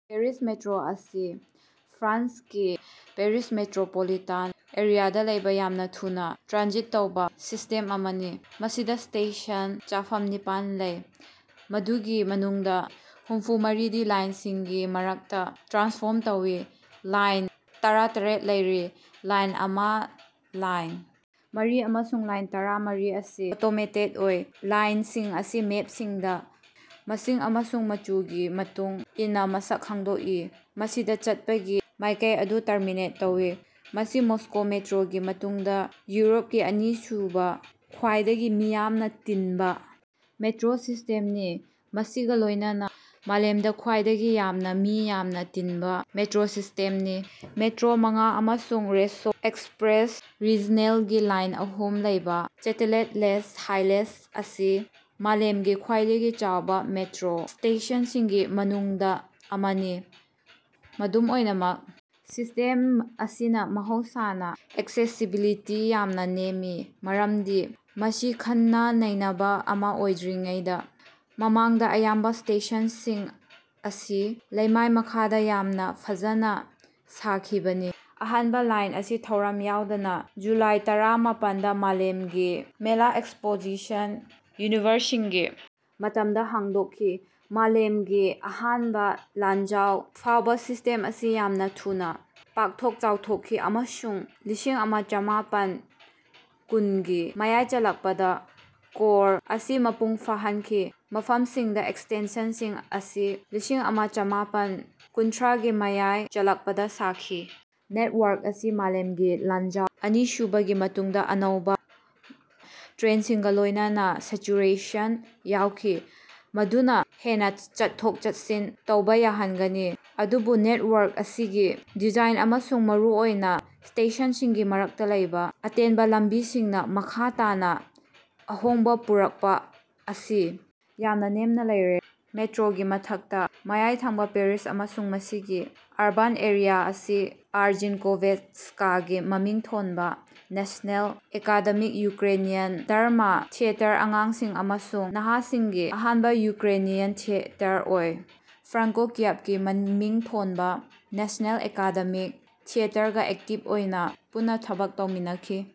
Paris metro ꯑꯁꯤ ꯐ꯭ꯔꯥꯟꯁꯀꯤ Paris metropolitan ꯑꯦꯔꯤꯌꯥꯗ ꯂꯩꯕ ꯌꯥꯝꯅ ꯊꯨꯅꯥ ꯇ꯭ꯔꯥꯟꯁꯤꯠ ꯇꯧꯕꯥ ꯁꯤꯁ꯭ꯇꯦꯝ ꯑꯃꯅꯤ꯫ ꯃꯁꯤꯗ ꯁ꯭ꯇꯦꯁꯟ ꯆꯥꯐꯝ ꯅꯤꯄꯥꯟ ꯂꯩ ꯃꯗꯨꯒꯤ ꯃꯅꯨꯡꯗ ꯍꯨꯝꯐꯨ ꯃꯔꯤꯗꯤ ꯂꯥꯏꯟꯁꯤꯡꯒꯤ ꯃꯔꯛꯇꯥ ꯇ꯭ꯔꯥꯟꯁꯐꯔ ꯇꯧꯏ꯫ ꯂꯥꯏꯟ ꯇꯔꯥꯇꯔꯨꯛ ꯂꯩꯔꯤ꯫ ꯂꯥꯏꯟ ꯑꯃ ꯂꯥꯏꯟ ꯃꯔꯤ ꯑꯃꯁꯨꯡ ꯂꯥꯏꯟ ꯇꯔꯥꯃꯔꯤ ꯑꯁꯤ ꯑꯣꯇꯣꯃꯦꯇꯦꯗ ꯑꯣꯏ꯫ ꯂꯥꯏꯟꯁꯤꯡ ꯑꯁꯤ ꯃꯦꯞꯁꯤꯡꯗ ꯃꯁꯤꯡ ꯑꯃꯁꯨꯡ ꯃꯆꯨꯒꯤ ꯃꯇꯨꯡ ꯏꯟꯅ ꯃꯁꯛ ꯈꯪꯗꯣꯛꯏ ꯃꯁꯤꯗ ꯆꯠꯄꯒꯤ ꯃꯥꯏꯀꯩ ꯑꯗꯨ ꯇꯔꯃꯤꯅꯦꯁꯠ ꯇꯥꯛꯏ꯫ ꯃꯁꯤ ꯃꯣꯁꯀꯣ ꯃꯦꯇ꯭ꯔꯣꯒꯤ ꯃꯇꯨꯡꯗ ꯌꯨꯔꯣꯞꯀꯤ ꯑꯅꯤꯁꯨꯕ ꯈ꯭ꯋꯥꯏꯗꯒꯤ ꯃꯤ ꯌꯥꯝꯅ ꯇꯤꯟꯕ ꯃꯦꯇ꯭ꯔꯣ ꯁꯤꯁ꯭ꯇꯦꯝꯅꯤ ꯃꯁꯤꯒꯥ ꯂꯣꯏꯅꯅ ꯃꯥꯂꯦꯝꯗ ꯈ꯭ꯋꯥꯏꯗꯒꯤ ꯌꯥꯝꯅ ꯃꯤ ꯌꯥꯝꯅ ꯇꯤꯟꯕ ꯃꯦꯇ꯭ꯔꯣ ꯁꯤꯁ꯭ꯇꯦꯝꯅꯤ꯫ ꯃꯦꯇ꯭ꯔꯣ ꯃꯉꯥ ꯑꯃꯁꯨꯡ ꯔꯦꯁꯣ ꯑꯦꯛꯁꯄ꯭ꯔꯦꯁ ꯔꯤꯖꯟꯅꯦꯜꯒꯤ ꯂꯥꯏꯟ ꯑꯍꯨꯝ ꯂꯩꯕꯥ ꯆꯦꯇꯦꯂꯦꯠꯂꯦꯁ ꯍꯥꯂꯦꯁ ꯑꯁꯤ ꯃꯥꯂꯦꯝꯒꯤ ꯈ꯭ꯋꯥꯏꯗꯒꯤ ꯆꯥꯎꯕ ꯃꯦꯇ꯭ꯔꯣ ꯁ꯭ꯇꯦꯁꯟꯁꯤꯡꯒꯤ ꯃꯅꯨꯡꯗ ꯑꯃꯅꯤ꯫ ꯑꯗꯨꯝ ꯑꯣꯏꯅꯃꯛ ꯁꯤꯁ꯭ꯇꯦꯝ ꯑꯁꯤꯅ ꯃꯍꯧꯁꯥꯅ ꯑꯦꯛꯁꯦꯁꯤꯕꯤꯂꯤꯇꯤ ꯌꯥꯝꯅ ꯅꯦꯝꯃꯤ ꯃꯔꯝꯗꯤ ꯃꯁꯤ ꯈꯟꯅ ꯅꯩꯅꯕ ꯑꯃꯥ ꯑꯣꯏꯗ꯭ꯔꯤꯉꯩꯒꯤ ꯃꯃꯥꯡꯗ ꯑꯌꯥꯝꯕ ꯁ꯭ꯇꯦꯁꯟꯁꯤꯡ ꯑꯁꯤ ꯂꯩꯃꯥꯏ ꯃꯈꯥꯗ ꯌꯥꯝꯅ ꯐꯖꯅ ꯁꯥꯈꯤꯕꯅꯤ꯫ ꯑꯍꯥꯟꯕ ꯂꯥꯏꯟ ꯑꯁꯤ ꯊꯧꯔꯝ ꯌꯥꯎꯗꯅ ꯖꯨꯂꯥꯏ ꯇꯔꯥꯃꯥꯄꯟ ꯗ ꯃꯥꯂꯦꯝꯒꯤ ꯃꯦꯂꯥ ꯑꯦꯛꯁꯄꯣꯖꯤꯁꯟ ꯌꯨꯅꯤꯚꯔꯁꯦꯜꯒꯤ ꯃꯇꯝꯗ ꯍꯥꯡꯗꯣꯛꯈꯤ꯫ ꯃꯥꯂꯦꯝꯒꯤ ꯑꯍꯥꯟꯕ ꯂꯥꯟꯖꯥꯎ ꯐꯥꯎꯕ ꯁꯤꯁ꯭ꯇꯦꯝ ꯑꯁꯤ ꯌꯥꯝꯅ ꯊꯨꯅꯥ ꯄꯥꯛꯊꯣꯛ ꯆꯥꯎꯊꯣꯛꯈꯤ ꯑꯃꯁꯨꯡ ꯂꯤꯁꯤꯡ ꯑꯃ ꯆꯃꯥꯄꯟ ꯀꯨꯟꯒꯤ ꯃꯌꯥꯏ ꯆꯜꯂꯛꯄꯗ ꯀꯣꯔ ꯑꯁꯤ ꯃꯄꯨꯡ ꯐꯥꯍꯟꯈꯤ ꯃꯐꯝꯁꯤꯡꯗ ꯑꯦꯛꯁꯇꯦꯟꯁꯟꯁꯤꯡ ꯑꯁꯤ ꯂꯤꯁꯤꯡ ꯑꯃ ꯆꯃꯥꯄꯟ ꯀꯨꯟꯊ꯭ꯔꯥꯒꯤ ꯃꯌꯥꯏ ꯆꯜꯂꯛꯄꯗ ꯁꯥꯈꯤ꯫ ꯅꯦꯠꯋꯥꯔꯛ ꯑꯁꯤ ꯃꯥꯂꯦꯝꯒꯤ ꯂꯥꯟꯖꯥꯎ ꯑꯅꯤꯁꯨꯕꯒꯤ ꯃꯇꯨꯡꯗ ꯑꯅꯧꯕ ꯇ꯭ꯔꯦꯟꯁꯤꯡꯒꯥ ꯂꯣꯏꯅꯅ ꯁꯦꯆꯨꯔꯦꯁꯟ ꯌꯧꯈꯤ ꯃꯗꯨꯅ ꯍꯦꯟꯅ ꯆꯠꯊꯣꯛ ꯆꯠꯁꯤꯟ ꯇꯧꯕꯥ ꯌꯥꯍꯟꯒꯅꯤ ꯑꯗꯨꯕꯨ ꯅꯦꯠꯋꯥꯔꯛ ꯑꯁꯤꯒꯤ ꯗꯤꯖꯥꯏꯟ ꯑꯃꯁꯨꯡ ꯃꯔꯨꯑꯣꯏꯅ ꯁ꯭ꯇꯦꯁꯟꯁꯤꯡꯒꯤ ꯃꯔꯛꯇꯥ ꯂꯩꯕꯥ ꯑꯇꯦꯟꯕ ꯂꯝꯕꯤꯁꯤꯡꯅ ꯃꯈꯥ ꯇꯥꯅ ꯑꯍꯣꯡꯕ ꯄꯨꯔꯛꯄꯥ ꯑꯁꯤ ꯌꯥꯝꯅ ꯅꯦꯝꯅ ꯂꯩꯔꯦ꯫ ꯃꯦꯇ꯭ꯔꯣꯒꯤ ꯃꯊꯛꯇꯥ ꯃꯌꯥꯏꯊꯪꯕ ꯄꯦꯔꯤꯁ ꯑꯃꯁꯨꯡ ꯃꯁꯤꯒꯤ ꯑꯔꯕꯥꯟ ꯑꯦꯔꯤꯌꯥ ꯑꯁꯤ ꯑꯥꯔ ꯖꯥꯅꯀꯣꯚꯦꯠꯁ꯭ꯀꯥꯒꯤ ꯃꯃꯤꯡ ꯊꯣꯟꯕꯥ national academic Ukrainian drama theatre ꯑꯉꯥꯡꯁꯤꯡ ꯑꯃꯁꯨꯡ ꯅꯍꯥꯁꯤꯡꯒꯤ ꯑꯍꯥꯟꯕꯥ ꯌꯨꯀ꯭ꯔꯦꯅꯤꯌꯥꯟ ꯊꯤꯌꯦꯇꯔ ꯑꯥꯏ ꯐ꯭ꯔꯥꯡꯀꯣ ꯀꯤꯌꯕꯒꯤ ꯃꯃꯤꯡ ꯊꯣꯟꯕꯥ ꯅꯦꯁ꯭ꯅꯦꯜ ꯑꯦꯀꯥꯗꯦꯃꯤꯛ ꯊꯤꯌꯦꯇꯔꯒꯥ ꯑꯦꯛꯇꯤꯕ ꯑꯣꯏꯅꯥ ꯄꯨꯟꯅꯥ ꯊꯕꯛ ꯇꯧꯃꯤꯟꯅꯈꯤ꯫